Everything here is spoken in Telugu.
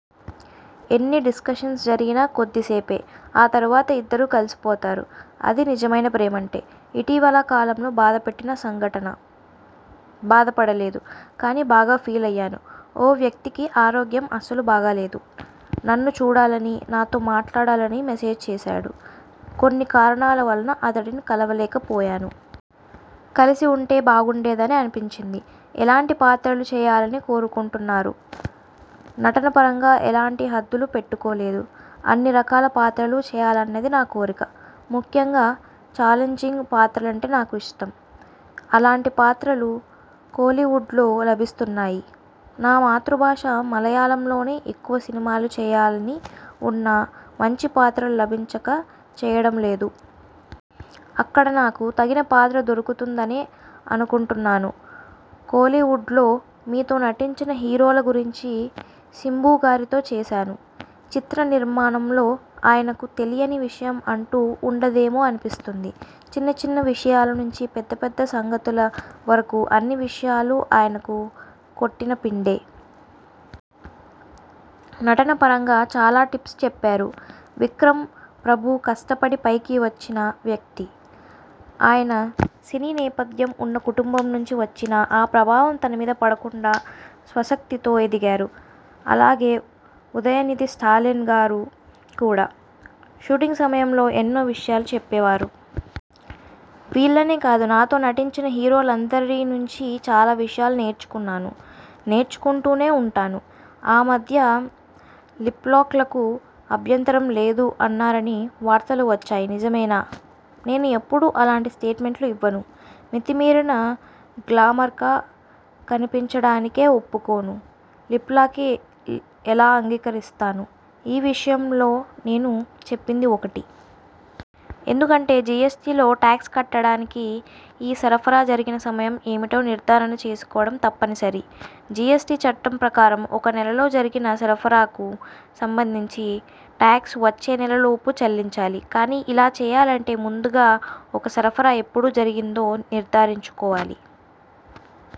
ఎన్ని డిస్కషన్స్ జరిగినా కొద్దిసేపే. ఆ తరువాత ఇద్దరూ కలిసిపోతారు. అదీ నిజమైన ప్రేమంటే! ఇటీవలి కాలంలో బాధపెట్టిన సంఘటన? బాధపడలేదు. కానీ బాగా ఫీలయ్యాను. ఓ వ్యక్తికి ఆరోగ్యం అస్సలు బాగాలేదు. నన్ను చూడాలనీ, నాతో మాట్లాడాలనీ మెసేజ్ చేశాడు. కొన్ని కారణాల వలన అతడిని కలవలేకపోయాను. కలిసి ఉంటే బాగుండేదని అనిపించింది. ఎలాంటి పాత్రలు చేయాలని కోరుకుంటున్నారు? నటన పరంగా ఎలాంటి హద్దులు పెట్టుకోలేదు. అన్ని రకాల పాత్రలు చేయాలన్నది నా కోరిక. ముఖ్యంగా ఛాలెంజింగ్ పాత్రలంటే నాకు ఇష్టం. అలాంటి పాత్రలు కోలీవుడ్లో లభిస్తున్నాయి. నా మాతృభాష మలయాళంలోనే ఎక్కువ సినిమాలు చేయాలని ఉన్నా మంచి పాత్రలు లభించక చేయడం లేదు. అక్కడ నాకు తగిన పాత్ర దొరుకుతుందనే అనుకుంటున్నాను. కోలీవుడ్లో మీతో నటించిన హీరోల గురించి శింబుగారితో చేశాను. చిత్ర నిర్మాణంలో ఆయనకు తెలియని విషయం అంటూ ఉండదేమో అనిపిస్తుంది. చిన్న చిన్న విషయాల నుంచి పెద్ద పెద్ద సంగతుల వరకూ అన్ని విషయాలు ఆయనకు కొట్టిన పిండే! నటన పరంగా చాలా టిప్స్ చెప్పారు. విక్రమ్ ప్రభు కష్టపడి పైకి వచ్చిన వ్యక్తి. ఆయన సినీ నేపథ్యం ఉన్న కుటుంబం నుంచి వచ్చినా ఆ ప్రభావం తన మీద పడకుండా స్వశక్తితో ఎదిగారు. అలాగే ఉదయనిధి స్టాలిన్ గారు కూడా! షూటింగ్ సమయంలో ఎన్నో విషయాలు చెప్పేవారు. వీళ్ళనే కాదు నాతో నటించిన హీరోలందరి నుంచి చాలా విషయాలు నేర్చుకున్నాను. నేర్చుకుంటూనే ఉంటాను. ఆ మధ్య లిప్లాక్లకు అభ్యంతరం లేదు అన్నారని వార్తలు వచ్చాయి నిజమేనా? నేను ఎప్పుడూ అలాంటి స్టేట్మెంట్లు ఇవ్వను. మితిమీరిన గ్లామర్గా కనిపించడానికే ఒప్పుకోను. లిప్లాక్లకి ఎలా అంగీకరిస్తాను? ఈ విషయంలో నేను చెప్పింది ఒకటి. ఎందుకంటే జిఎ్సటిలో టాక్స్ కట్టటానికి ఈ సరఫరా జరిగిన సమయం ఏమిటో నిర్ధారణ చేసుకోవటం తప్పనిసరి. జిఎ్సటి చట్టం ప్రకారం ఒక నెలలో జరిగిన సరఫరాకు సంబంధించి టాక్స్ వచ్చే నెల లోపు చెల్లించాలి. కానీ ఇలా చేయాలంటే ముందుగా ఒక సరఫరా ఎప్పుడు జరిగిందో నిర్ధారించుకోవాలి.